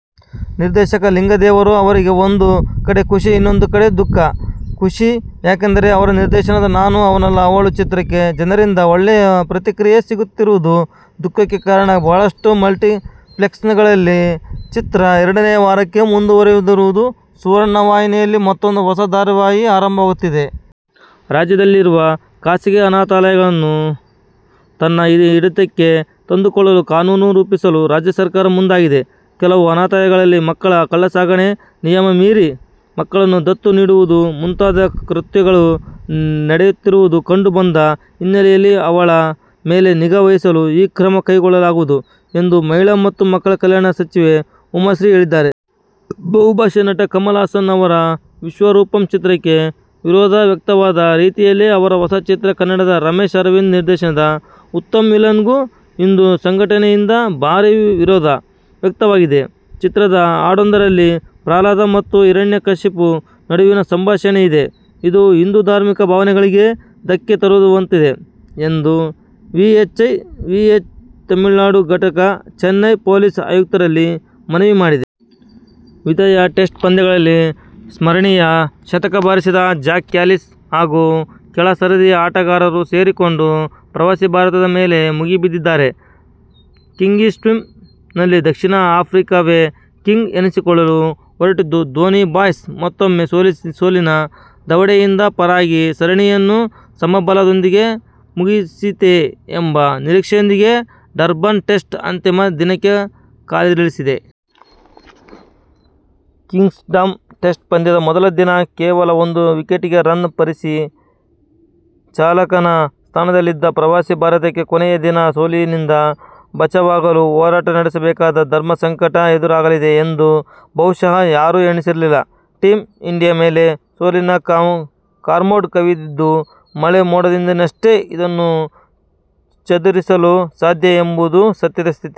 ನಿರ್ದೇಶಕ ಲಿಂಗದೇವರು ಅವರಿಗೆ ಒಂದು ಕಡೆ ಖುಷಿ. ಇನ್ನೊಂದು ಕಡೆ ದುಃಖ. ಖುಷಿ ಯಾಕೆಂದರೆ, ಅವರ ನಿರ್ದೇಶನದ "ನಾನು ಅವನಲ್ಲ ಅವಳು' ಚಿತ್ರಕ್ಕೆ ಜನರಿಂದ ಒಳ್ಳೆಯ ಪ್ರತಿಕ್ರಿಯೆ ಸಿಗುತ್ತಿರುವುದು. ದುಃಖಕ್ಕೆ ಕಾರಣ ಬಹಳಷ್ಟು ಮಲ್ಟಿಪ್ಲೆಕ್ಸ್ಗಳಲ್ಲಿ ಚಿತ್ರ ಎರಡನೆಯ ವಾರಕ್ಕೆ ಮುಂದುವರೆಯದಿರುವುದು. ಸುವರ್ಣ ವಾಹಿನಿಯಲ್ಲಿ ಮತ್ತೂಂದು ಹೊಸ ಧಾರಾವಾಹಿ ಆರಂಭವಾಗುತ್ತಿದೆ. ರಾಜ್ಯದಲ್ಲಿರುವ ಖಾಸಗಿ ಅನಾಥಾಲಯಗಳನ್ನು ತನ್ನ ಹಿಡಿತಕ್ಕೆ ತಂದುಕೊಳ್ಳಲು ಕಾನೂನು ರೂಪಿಸಲು ರಾಜ್ಯ ಸರ್ಕಾರ ಮುಂದಾಗಿದೆ. ಕೆಲವು ಅನಾಥಾಲಯಗಳಲ್ಲಿ ಮಕ್ಕಳ ಕಳ್ಳಸಾಗಣೆ, ನಿಯಮ ಮೀರಿ ಮಕ್ಕಳನ್ನು ದತ್ತು ನೀಡುವುದು ಮುಂತಾದ ಕೃತ್ಯಗಳು ನಡೆಯುತ್ತಿರುವುದು ಕಂಡು ಬಂದ ಹಿನ್ನೆಲೆಯಲ್ಲಿ ಅವುಗಳ ಮೇಲೆ ನಿಗಾ ವಹಿಸಲು ಈ ಕ್ರಮ ಕೈಗೊಳ್ಳಲಾಗುವುದು ಎಂದು ಮಹಿಳಾ ಮತ್ತು ಮಕ್ಕಳ ಕಲ್ಯಾಣ ಸಚಿವೆ ಉಮಾಶ್ರೀ ಹೇಳಿದ್ದಾರೆ. ಬುಹುಭಾಷಾ ನಟ ಕಮಲ್ ಹಾಸನ್ ಅವರ ವಿಶ್ವರೂಪಂ ಚಿತ್ರಕ್ಕೆ ವಿರೋಧ ವ್ಯಕ್ತವಾದ ರೀತಿಯಲ್ಲೇ, ಅವರ ಹೊಸ ಚಿತ್ರ, ಕನ್ನಡದ ರಮೇಶ್ ಅರವಿಂದ ನಿರ್ದೇಶನದ "ಉತ್ತಮ್ ವಿಲನ್'ಗೂ ಹಿಂದು ಸಂಘಟನೆಯಿಂದ ಭಾರಿ ವಿರೋಧ ವ್ಯಕ್ತವಾಗಿದೆ. ಚಿತ್ರದ ಹಾಡೊಂದರಲ್ಲಿ ಪ್ರಹ್ಲಾದ ಮತ್ತು ಹಿರಣ್ಯಕಶಿಪು ನಡುವಿನ ಸಂಭಾಷಣೆ ಇದೆ, ಇದು ಹಿಂದು ಧಾರ್ಮಿಕ ಭಾವನೆಗಳಿಗೆ ಧಕ್ಕೆ ತರುವಂತಿದೆ ಎಂದು ವಿಎಚ್ಪಿ ತಮಿಳುನಾಡು ಘಟಕ, ಚೆನ್ನೈ ಪೊಲೀಸ್ ಆಯುಕ್ತರಲ್ಲಿ ಮನವಿ ಮಾಡಿದೆ. ವಿದಾಯ ಟೆಸ್ಟ್ ಪಂದ್ಯದಲ್ಲಿ ಸ್ಮರಣೀಯ ಶತಕ ಬಾರಿಸಿದ ಜಾಕ್ ಕ್ಯಾಲಿಸ್ ಹಾಗೂ ಕೆಳ ಸರದಿಯ ಆಟಗಾರರು ಸೇರಿಕೊಂಡು ಪ್ರವಾಸಿ ಭಾರತದ ಮೇಲೆ ಮುಗಿಬಿದ್ದಿದ್ದಾರೆ. '''ಕಿಂಗ್ಸ್ಮೀಡ್'ನಲ್ಲಿ ದಕ್ಷಿಣ ಆಫ್ರಿಕಾವೇ ಕಿಂಗ್ ಎನಿಸಿಕೊಳ್ಳಲು ಹೊರಟಿದ್ದು, ಧೋನಿ ಬಾಯ್ಸ ಮತ್ತೂಮ್ಮೆ ಸೋಲಿನ ದವಡೆಯಿಂದ ಪಾರಾಗಿ ಸರಣಿಯನ್ನು ಸಮಬಲದೊಂದಿಗೆ ಮುಗಿಸೀತೇ ಎಂಬ ನಿರೀಕ್ಷೆಯೊಂದಿಗೆ ಡರ್ಬನ್ ಟೆಸ್ಟ್ ಅಂತಿಮ ದಿನಕ್ಕೆ ಕಾಲಿರಿಸಿದೆ. ಕಿಂಗ್ಸ್ಮೀಡ್ ಟೆಸ್ಟ್ ಪಂದ್ಯದ ಮೊದಲ ದಿನ ಕೇವಲ ಒಂದು ವಿಕೆಟಿಗೆ ರನ್ ಪೇರಿಸಿ ಚಾಲಕನ ಸ್ಥಾನದಲ್ಲಿದ್ದ ಪ್ರವಾಸಿ ಭಾರತಕ್ಕೆ ಕೊನೆಯ ದಿನ ಸೋಲಿನಿಂದ ಬಚಾವಾಗಲು ಹೋರಾಟ ನಡೆಸಬೇಕಾದ ಧರ್ಮಸಂಕಟ ಎದುರಾಗಲಿದೆ ಎಂದು ಬಹುಶಃ ಯಾರೂ ಎಣಿಸಿರಲಿಲ್ಲ. ಟೀಮ್ ಇಂಡಿಯಾ ಮೇಲೆ ಸೋಲಿನ ಕಾರ್ಮೋಡ ಕವಿದಿದ್ದು, ಮಳೆ ಮೋಡದಿಂದಷ್ಟೇ ಇದನ್ನು ಚದುರಿಸಲು ಸಾಧ್ಯ ಎಂಬುದು ಸದ್ಯದ ಸ್ಥಿತಿ.